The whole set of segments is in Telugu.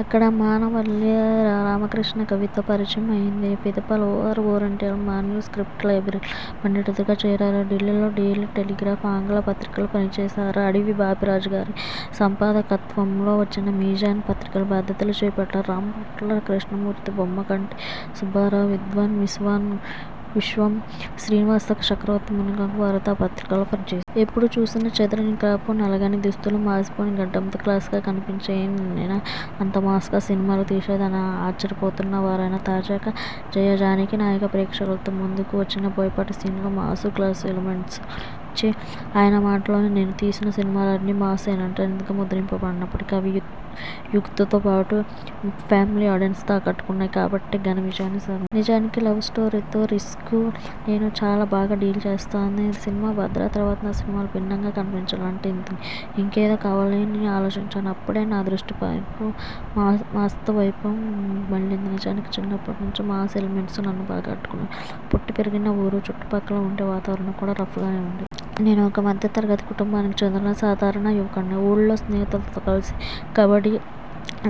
అక్కడ మానవల్లి రామకృష్ణకవితో పరిచయం అయింది. పిదప లాహోరు ఓరియంటల్ మాన్యు స్క్రిప్ట్ లైబ్రరీలో పండితుడుగా చేరారు. ఢిల్లీలో 'డెయిలీ టెలిగ్రాఫ్' ఆంగ్ల పత్రికలో పని చేశారు. అడివి బాపిరాజుగారి సంపాదకత్వంలో వచ్చిన 'మీజాన్' పత్రికలో బాధ్యతలు చేపట్టారు. రాంభట్ల కృష్ణమూర్తి, బొమ్మకంటి సుబ్బారావు, విద్వాన్ విశ్వం, శ్రీనివాస చక్రవర్తి, మున్నగు వారితో ఆ పత్రికలో పనిచేశారు. ''ఎప్పుడు చూసినా చెదరని క్రాపు, నలగని దుస్తులు, మాసిపోని గడ్డంతో 'క్లాస్'గా కనిపించే ఈయనేనా అంత 'మాస్'గా సినిమాలు తీసేది'' అని ఆశ్చర్యపోతారెవరైనా. తాజాగా 'జయ జానకి నాయక'తో ప్రేక్షకుల ముందుకు వచ్చిన బోయపాటి శ్రీనులోని మాస్, క్లాస్ ఎలిమెంట్స్ గురించి ఆయన మాటల్లోనే నేను తీసిన సినిమాలన్నీ మాస్ ఎంటర్టైనర్స్గా ముద్రపడినప్పటికీ, అవి యూత్తో పాటు ఫ్యామిలీ ఆడియెన్స్నూ ఆకట్టుకున్నాయి కాబట్టే ఘన విజయాన్ని సాధించాయి. నిజానికి లవ్స్టోరీస్ను నేను చాలా బాగా డీల్ చేస్తాను. సినిమా 'భద్ర' తర్వాత నా సినిమాలు భిన్నంగా కనిపించాలంటే ఇంకేదో కావాలని ఆలోచించాను. అప్పుడే నా దృష్టి మాస్వైపు మళ్లింది. నిజానికి చిన్నప్పటినుంచే మాస్ ఎలిమెంట్స్ నన్ను బాగా ఆకట్టుకునేవి. పుట్టిపెరిగిన ఊరు, చుట్టుపక్కల ఉండే వాతావరణం కూడా రఫ్గానే ఉండేవి. నేనొక మధ్యతరగతి కుటుంబానికి చెందిన సాధారణ యువకుడిని. ఊళ్లో స్నేహితులతో కలిసి కబడ్డీ,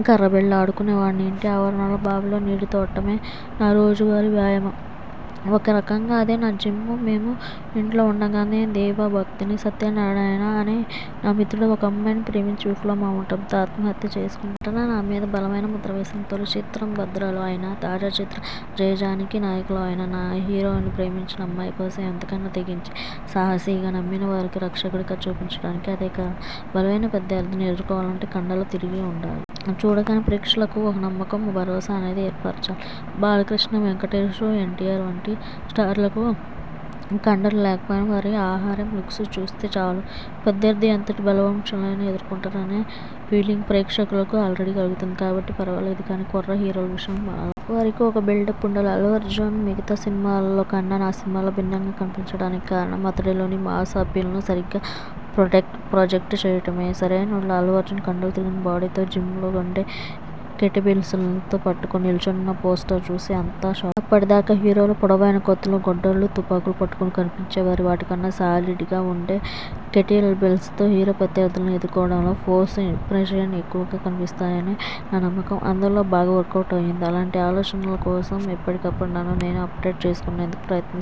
కర్రబిళ్ల ఆడుకునేవాణ్ణి. ఇంటి ఆవరణలోని బావిలో నీళ్లు తోడటమే నా రోజువారీ వ్యాయామం. ఒకరకంగా అదే నా జిమ్. మేము ఇంటర్లో ఉండగానే దేవభక్తుని సత్యనారాయణ అని నా మిత్రుడు ఒకమ్మాయిని ప్రేమించి, విఫలమవ్వడంతో ఆత్మహత్య చేసుకున్నాడు. ఆ సంఘటన నా మీద బలమైన ముద్ర వేసింది. తొలి చిత్రం 'భద్ర'లో అయినా, తాజా చిత్రం 'జయ జానకి నాయక'లో అయినా నా హీరోని ప్రేమించిన అమ్మాయి కోసం ఎంతకైనా తెగించే సాహసిగా, నమ్మినవారికి రక్షకుడిగా చూపించడానికి అదే కారణం. బలమైన ప్రత్యర్థిని ఎదుర్కోవాలంటే కండలు తిరిగి ఉండాలి. చూడగానే ప్రేక్షకులకు ఒక నమ్మకం, భరోసా అనేది ఏర్పడాలి. బాలకృష్ణ, వెంకటేష్, ఎన్టీఆర్ వంటి 'స్టార్స్'కు కండలు లేకపోయినా వారి ఆహార్యం, లుక్స్ చూస్తే చాలు, ప్రత్యర్థి ఎంతటి బలశాలైనా ఎదుర్కొంటారనే ఫీలింగ్ ప్రేక్షకులకు ఆల్రెడీ కలుగుతుంది కాబట్టి పర్వాలేదు. కానీ కుర్ర హీరోల విషయంలో అలా కాదు. వారికి ఒక బిల్డప్ ఉండాలి. అల్లు అర్జున్ మిగతా సినిమాల్లో కన్నా నా సినిమాలో భిన్నంగా కనిపించడానికి కారణం అతడిలోని మాస్ అప్పీల్ను సరిగ్గా ప్రొజెక్ట్ చేయడమే. 'సరైనోడు'లో అల్లుఅర్జున్ కండలు తిరిగిన బాడీతో జిమ్లో ఉండే 'కెటిల్బెల్స్'ను పట్టుకుని నిల్చున్న పోస్టర్ చూసి అంతా షాకయ్యారు. అప్పటిదాకా హీరోలు పొడవైన కత్తులు, గొడ్డళ్లు, తుపాకులు పట్టుకుని కనిపించేవారు వాటికన్నా సాలిడ్గా ఉండే 'కెటిల్బెల్స్'తో హీరో ప్రత్యర్థులను ఎదుర్కోవడంలో 'ఫోర్స్', 'ఇంప్రెషన్' ఎక్కువగా కనిపిస్తాయనే నా నమ్మకం అందులో బాగా వర్కవుట్ అయ్యింది. అలాంటి ఆలోచనల కోసం ఎప్పటికప్పుడు నన్ను నేను అప్డేట్ చేసుకునేందుకు ప్రయత్నిస్తుంటా.